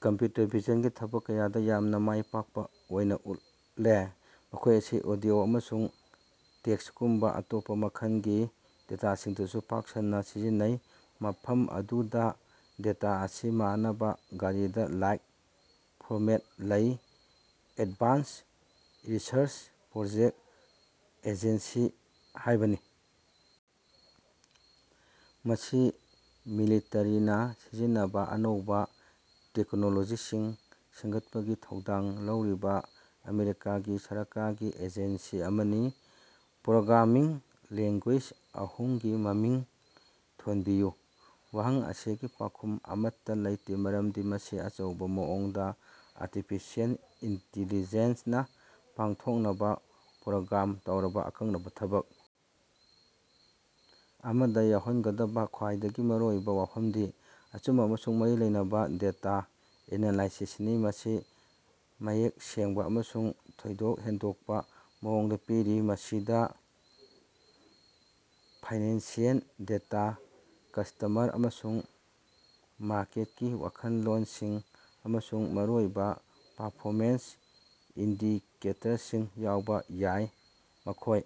Computer ꯚꯤꯖꯟꯒꯤ ꯊꯕꯛ ꯀꯌꯥꯗ ꯌꯥꯝꯅ ꯃꯥꯏ ꯄꯥꯛꯄ ꯑꯣꯏꯅ ꯎꯠꯂꯦ꯫ ꯃꯈꯣꯏ ꯑꯁꯤ ꯑꯣꯗꯤꯑꯣ ꯑꯃꯁꯨꯡ ꯇꯦꯛꯁꯒꯨꯝꯕ ꯑꯇꯣꯞꯄ ꯃꯈꯜꯒꯤ ꯗꯦꯇꯥꯁꯤꯡꯗꯁꯨ ꯄꯥꯛ ꯁꯟꯅ ꯁꯤꯖꯤꯟꯅꯩ, ꯃꯐꯝ ꯑꯗꯨꯗ ꯗꯦꯇꯥ ꯑꯁꯤ ꯃꯥꯟꯅꯕꯥ ꯒ꯭ꯔꯤꯗ-ꯂꯥꯏꯛ ꯐꯣꯔꯃꯦꯠ ꯂꯩ꯫ ꯑꯦꯗꯚꯥꯟꯁ ꯔꯤꯁꯔꯆ ꯄ꯭ꯔꯣꯖꯦꯛ ꯑꯦꯖꯦꯟꯁꯤ ꯍꯥꯏꯕꯅꯤ꯫ ꯃꯁꯤ ꯃꯤꯂꯤꯇꯔꯤꯅ ꯁꯤꯖꯤꯟꯅꯕꯥ ꯑꯅꯧꯕ ꯇꯦꯛꯅꯣꯂꯣꯖꯤꯁꯤꯡ ꯁꯦꯝꯒꯠꯄꯒꯤ ꯊꯧꯗꯥꯡ ꯂꯧꯔꯤꯕ ꯑꯃꯦꯔꯤꯀꯥꯒꯤ ꯁꯔꯀꯥꯔꯒꯤ ꯑꯦꯖꯦꯟꯁꯤ ꯑꯃꯅꯤ꯫ ꯄ꯭ꯔꯣꯒ꯭ꯔꯥꯃꯤꯡ ꯂꯦꯡꯒꯨꯌꯦꯖ ꯑꯍꯨꯝꯒꯤ ꯃꯃꯤꯡ ꯊꯣꯟꯕꯤꯌꯨ꯫ ꯋꯥꯍꯪ ꯑꯁꯤꯒꯤ ꯄꯥꯎꯈꯨꯝ ꯑꯃꯠꯇꯥ ꯂꯩꯇꯦ ꯃꯔꯝꯗꯤ ꯃꯁꯤ ꯑꯆꯧꯕ ꯃꯑꯣꯡꯗ ꯑꯥꯔꯇꯤꯐꯤꯁꯤꯑꯦꯜ ꯏꯟꯇꯤꯂꯤꯖ‌ꯦꯟꯁꯅ ꯄꯥꯡꯊꯣꯛꯅꯕ ꯄ꯭ꯔꯣꯒ꯭ꯔꯥꯝ ꯇꯧꯔꯕ ꯑꯀꯛꯅꯕ ꯊꯕꯛ ꯑꯃꯗ ꯌꯥꯎꯍꯟꯒꯗꯕ ꯈ꯭ꯋꯥꯏꯗꯒꯤ ꯃꯔꯨꯑꯣꯏꯕ ꯋꯥꯐꯝꯗꯤ ꯑꯆꯨꯝꯕ ꯑꯃꯁꯨꯡ ꯃꯔꯤ ꯂꯩꯅꯕ ꯗꯦꯇꯥ ꯑꯦꯅꯥꯂꯥꯏꯁꯤꯁꯅꯤ, ꯃꯁꯤ ꯃꯌꯦꯛ ꯁꯦꯡꯕ ꯑꯃꯁꯨꯡ ꯊꯣꯏꯗꯣꯛ ꯍꯦꯟꯗꯣꯛꯄ ꯃꯑꯣꯡꯗ ꯄꯤꯔꯤ꯫ ꯃꯁꯤꯗ ꯐꯥꯏꯅꯥꯟꯁꯤꯑꯦꯜ ꯗꯦꯇꯥ, ꯀꯁ꯭ꯇꯃꯔ ꯑꯃꯁꯨꯡ ꯃꯥꯔꯀꯦꯠꯀꯤ ꯋꯥꯈꯜꯂꯣꯟꯁꯤꯡ, ꯑꯃꯁꯨꯡ ꯃꯔꯨꯑꯣꯏꯕ ꯄꯔꯐꯣꯃꯦꯟꯁ ꯏꯟꯗꯤꯀꯦꯇꯔꯁꯤꯡ ꯌꯥꯎꯕ ꯌꯥꯏ, ꯃꯈꯣꯏ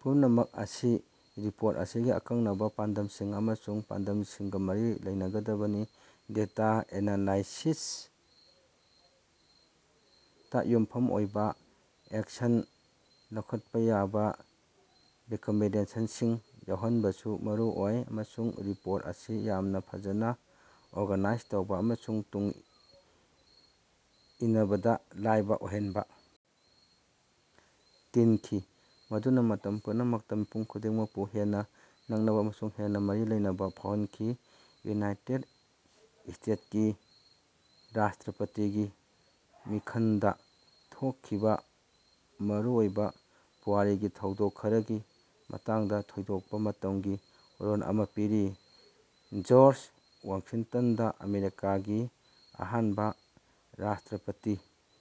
ꯄꯨꯝꯅꯃꯛ ꯑꯁꯤ ꯔꯤꯄꯣꯔꯠ ꯑꯁꯤꯒꯤ ꯑꯀꯛꯅꯕ ꯄꯥꯟꯗꯝꯁꯤꯡ ꯑꯃꯁꯨꯡ ꯄꯥꯟꯗꯝꯁꯤꯡꯒ ꯃꯔꯤ ꯂꯩꯅꯒꯗꯕꯅꯤ꯫ ꯗꯦꯇꯥ ꯑꯦꯅꯥꯂꯥꯏꯁꯤꯁꯇ ꯌꯨꯝꯐꯝ ꯑꯣꯏꯕ ꯑꯦꯛꯁꯟ ꯂꯧꯈꯠꯄ ꯌꯥꯕꯥ ꯔꯤꯀꯃꯦꯟꯗꯦꯁꯟꯁꯤꯡ ꯌꯥꯎꯍꯟꯕꯁꯨ ꯃꯔꯨ ꯑꯣꯏ, ꯑꯃꯁꯨꯡ ꯔꯤꯄꯣꯔꯠ ꯑꯁꯤ ꯌꯥꯝꯅ ꯐꯖꯅ ꯑꯣꯔꯒꯅꯥꯏꯖ ꯇꯧꯕ ꯑꯃꯁꯨꯡ ꯇꯨꯡ ꯏꯟꯅꯕꯗ ꯂꯥꯏꯕ ꯑꯣꯏꯍꯟꯕ ꯇꯤꯟꯈꯤ ꯃꯗꯨꯅ ꯃꯇꯝ ꯄꯨꯝꯅꯃꯛꯇ ꯃꯤꯄꯨꯝ ꯈꯨꯗꯤꯡꯃꯛꯄꯨ ꯍꯦꯟꯅ ꯅꯛꯅꯕ ꯑꯃꯁꯨꯡ ꯍꯦꯟꯅ ꯃꯔꯤ ꯂꯩꯅꯕ ꯐꯥꯎꯍꯟꯈꯤ꯫ ꯌꯨꯅꯥꯏꯠꯇ‌ꯦꯠ ꯏꯁꯇ‌ꯦꯠꯁꯀꯤ ꯔꯥꯁ꯭ꯇꯔꯄꯇꯤꯒꯤ ꯃꯤꯈꯂꯗꯥ ꯊꯣꯀꯈꯤꯕꯥ ꯃꯔꯨꯑꯣꯏꯕꯥ ꯄꯨꯋꯥꯔꯤꯒꯤ ꯊꯧꯗꯣꯛ ꯈꯔꯒꯤ ꯃꯇꯥꯡꯗ ꯊꯣꯏꯗꯣꯛꯄꯥ ꯃꯇꯝꯒꯤ ꯋꯥꯔꯣꯜ ꯑꯃ ꯄꯤꯔꯤ, ꯖ‌ꯣꯔꯖ ꯋꯥꯁꯤꯡꯇꯟꯗ ꯑꯃꯦꯔꯤꯀꯥꯒꯤ ꯑꯍꯥꯟꯕ ꯔꯥꯁ꯭ꯇꯔꯄꯇꯤ